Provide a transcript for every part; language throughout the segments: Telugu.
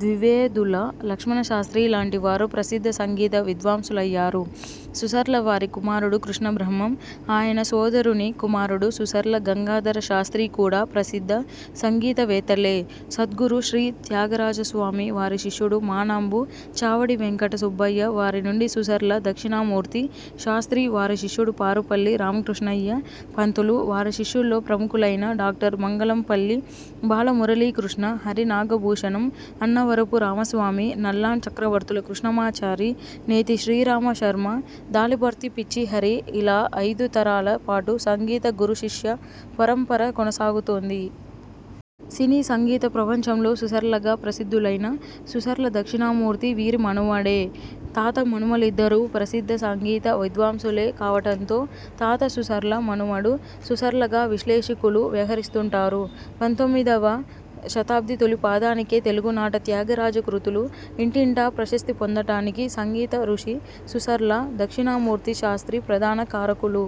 ద్వివేదుల లక్ష్మణ శాస్త్రీ లాంటి వారు ప్రసిద్ధ సంగీత విద్వాంసులయ్యారు. సుసర్ల వారి కుమారుడు కృష్ణ బ్రహ్మం, ఆయన సోదరుని కుమారుడు సుసర్ల గంగాధర శాస్త్రీ కూడా ప్రసిద్ధ సంగీత వేత్తలే! సద్గురు శ్రీ త్యాగరాజస్వామి, వారి శిష్యుడు మానాంబు చావడి వెంకట సుబ్బయ్య, వారి నుండి సుసర్ల దక్షిణామూర్తి శాస్త్రీ, వారి శిష్యుడు పారుపల్లి రామకృష్ణయ్య పంతులు, వారి శిష్యుల్లో ప్రముఖులైన డాక్టర్ మంగళంపల్లి బాలమురళీ కృష్ణ, హరి నాగభూషణం, అన్నవరపు రామస్వామి, నల్లాన్ చక్రవర్తుల కృష్ణమాచారి, నేతి శ్రీరామ శర్మ, దాలిపర్తి పిచ్చి హరి ఇలా ఐదు తరాల పాటు సంగీత గురు శిష్య పరంపర కొనసాగుతోంది. సినీ సంగీత ప్రపంచంలో సుసర్లగా ప్రసిద్ధులైన సుసర్ల దక్షిణామూర్తి వీరి మనుమడే! తాత మనుమలిద్దరూ ప్రసిద్ధ సంగీత విద్వాంసులే కావటంతో తాత సుసర్ల, మనుమడు సుసర్లగా విశ్లేషికులు వ్యవహరిస్తుంటారు. పంతొమ్మిదివ శతాబ్ది తొలిపాదానికే తెలుగు నాట త్యాగరాజ కృతులు ఇంటింటా ప్రశస్తి పొందటానికి సంగీత ఋషి సుసర్ల దక్షిణామూర్తి శాస్ర్తి ప్రధాన కారకులు.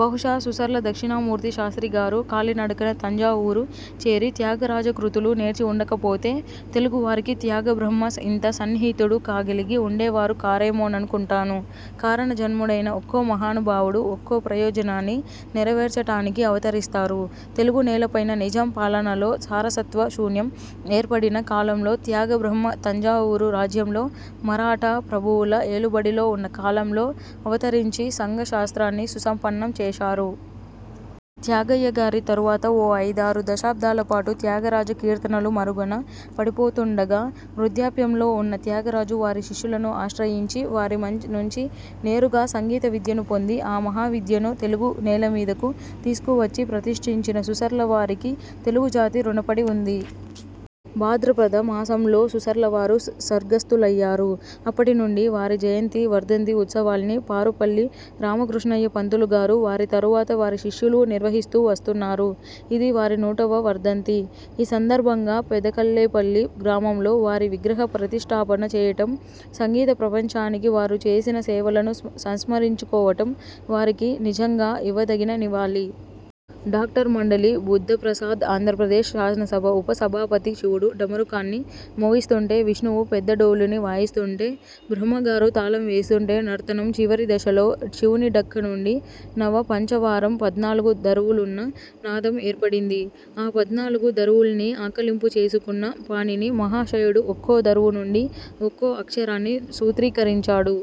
బహుశా సుసర్ల దక్షిణామూర్తి శాస్త్రీ గారు కాలినడకన తంజావూరు చేరి త్యాగరాజ కృతులు నేర్చి ఉండకపోతే, తెలుగు వారికి త్యాగ బ్రహ్మ ఇంత సన్నిహితుడు కాగలిగి ఉండేవారు కారేమోననుకుంటాను. కారణ జన్ముడైన ఒక్కో మహానుభావుడు ఒక్కో ప్రయోజనాన్ని నెరవేర్చటానికి అవతరిస్తారు. తెలుగు నేలపైన నిజాం పాలనలో సారస్వత శూన్యం ఏర్పడిన కాలంలో త్యాగ బ్రహ్మ తంజావూరు రాజ్యంలో మరాఠా ప్రభువుల ఏలుబడిలో ఉన్న కాలంలో అవతరించి సంగ శాస్త్రాన్ని సుసంపన్నం చేశారు. త్యాగయ్య గారి తరువాత ఓ ఐదారు దశాబ్దాల పాటు త్యాగరాజ కీర్తనలు మరుగున పడిపోతుండగా, వృద్ధాప్యంలో ఉన్న త్యాగరాజు వారి శిష్యులను ఆశ్రయించి, వారి నుంచి నేరుగా సంగీత విద్యను పొంది ఆ మహావిద్యను తెలుగు నేలమీదకు తీసుకువచ్చి ప్రతిష్టించిన సుసర్ల వారికి తెలుగు జాతి రుణపడి ఉంది. భాద్రపద మాసంలో సుసర్లవారు స్వర్గస్థులయ్యారు. అప్పటి నుండి వారి జయంతి, వర్ధంతి ఉత్సవాల్ని పారుపల్లి రామకృష్ణయ్య పంతులు గారు, వారి తరువాత వారి శిష్యులూ నిర్వహిస్తూ వస్తున్నారు. ఇది వారి నూటవ వర్ధంతి. ఈ సందర్భంగా పెదకళ్ళేపల్లి గ్రామంలో వారి విగ్రహ ప్రతిష్ఠాపన చేయటం, సంగీత ప్రపంచానికి వారు చేసిన సేవలను సంస్మరించుకోవటం వారికి నిజంగా ఇవ్వదగిన నివాళి. డాక్టర్ మండలి బుద్ధప్రసాద్ఆంధ్రప్రదేశ్ శాసనసభ ఉప సభాపతి శివుడు డమరుకాన్ని మోగిస్తుంటే, విష్ణువు పెద్దడోలుని వాయిస్తుంటే, బ్రహ్మగారు తాళం వేస్తుంటే నర్తనం చివరి దశలో శివుని ఢక్క నుండి, నవ పంచవారం పద్నాలుగు దరువులున్న నాదం ఏర్పడింది. ఆ పద్నాలుగు దరువుల్నీ ఆకళింపు చేసుకున్న పాణిని మహాశయుడు ఒక్కో దరువు నుండి ఒక్కో అక్షరాన్ని సూత్రీకరించాడు.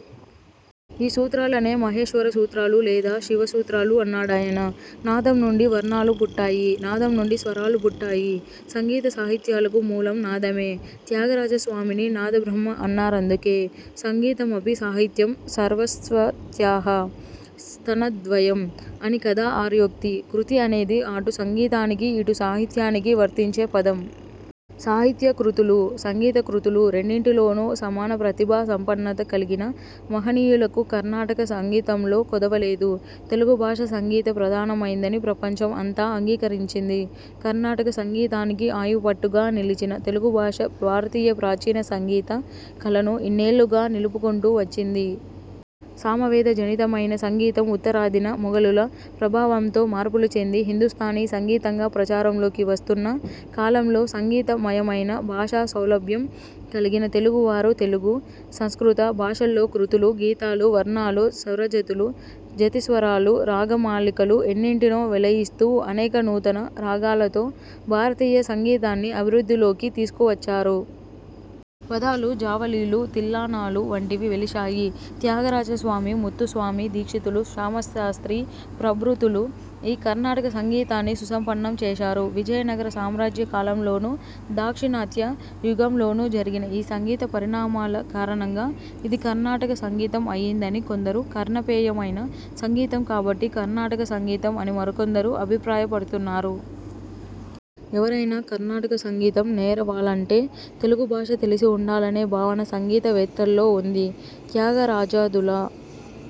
ఈ సూత్రాలనే మహేశ్వర సూత్రాలు లేదా శివ సూత్రాలు అన్నాడాయన. నాదం నుండి వర్ణాలు పుట్టాయి. నాదం నుండి స్వరాలు పుట్టాయి. సంగీత సాహిత్యాలకు మూలం నాదమే! త్యాగరాజ స్వామిని నాద బ్రహ్మ అన్నారందుకే! ''సంగీతమపి సాహిత్యం సరస్వత్యాః స్తనద్వయం'' అని కదా ఆర్యోక్తి. కృతి అనేది అటు సంగీతానికీ, ఇటు సాహిత్యానికీ వర్తించే పదం. సాహిత్య కృతులు, సంగీత కృతులు రెండింటిలోనూ సమాన ప్రతిభా సంపన్నత కలిగిన మహనీయులకు కర్ణాటక సంగీతంలో కొదవ లేదు. తెలుగు భాష సంగీత ప్రధానమైందని ప్రపంచం అంతా అంగీకరించింది. కర్ణాటక సంగీతానికి ఆయువుపట్టుగా నిలిచిన తెలుగు భాష భారతీయ ప్రాచీన సంగీత కళను ఇన్నేళ్లుగా నిలుపుకుంటూ వచ్చింది. సామవేద జనితమైన సంగీతం ఉత్తరాదిన మొగలుల ప్రభావంతో మార్పులు చెంది హిందుస్తానీ సంగీతంగా ప్రచారంలోకి వస్తున్న కాలంలో సంగీత మయమైన భాషా సౌలభ్యం కలిగిన తెలుగువారు తెలుగు, సంస్కృత భాషల్లో కృతులు, గీతాలు, వర్ణాలు, స్వరజతులు, జతిస్వరాలు, రాగమాలికలు ఎన్నింటినో వెలయిస్తూ అనేక నూతన రాగాలతో భారతీయ సంగీతాన్ని అభివృద్ధిలోకి తీసుకువచ్చారు. పదాలు, జావళీలు, తిల్లానాలు వంటివి వెలిశాయి. త్యాగరాజ స్వామి, ముత్తుస్వామి దీక్షితులు, శ్యామ శాస్త్రీ ప్రభృతులు ఈ కర్ణాటక సంగీతాన్ని సుసంపన్నం చేశారు. విజయనగర సామ్రాజ్య కాలంలోనూ, దాక్షిణాత్య యుగంలోనూ జరిగిన ఈ సంగీత పరిణామాల కారణంగా ఇది కర్ణాటక సంగీతం అయ్యిందని కొందరు, కర్ణపేయమైన సంగీతం కాబట్టి కర్ణాటక సంగీతం అని మరికొందరు అభిప్రాయపడ్తున్నారు. ఎవరైనా కర్ణాటక సంగీతం నేరవాలంటే తెలుగు భాష తెలిసి ఉండాలనే భావన సంగీత వేత్తల్లో ఉంది. త్యాగరాజాదుల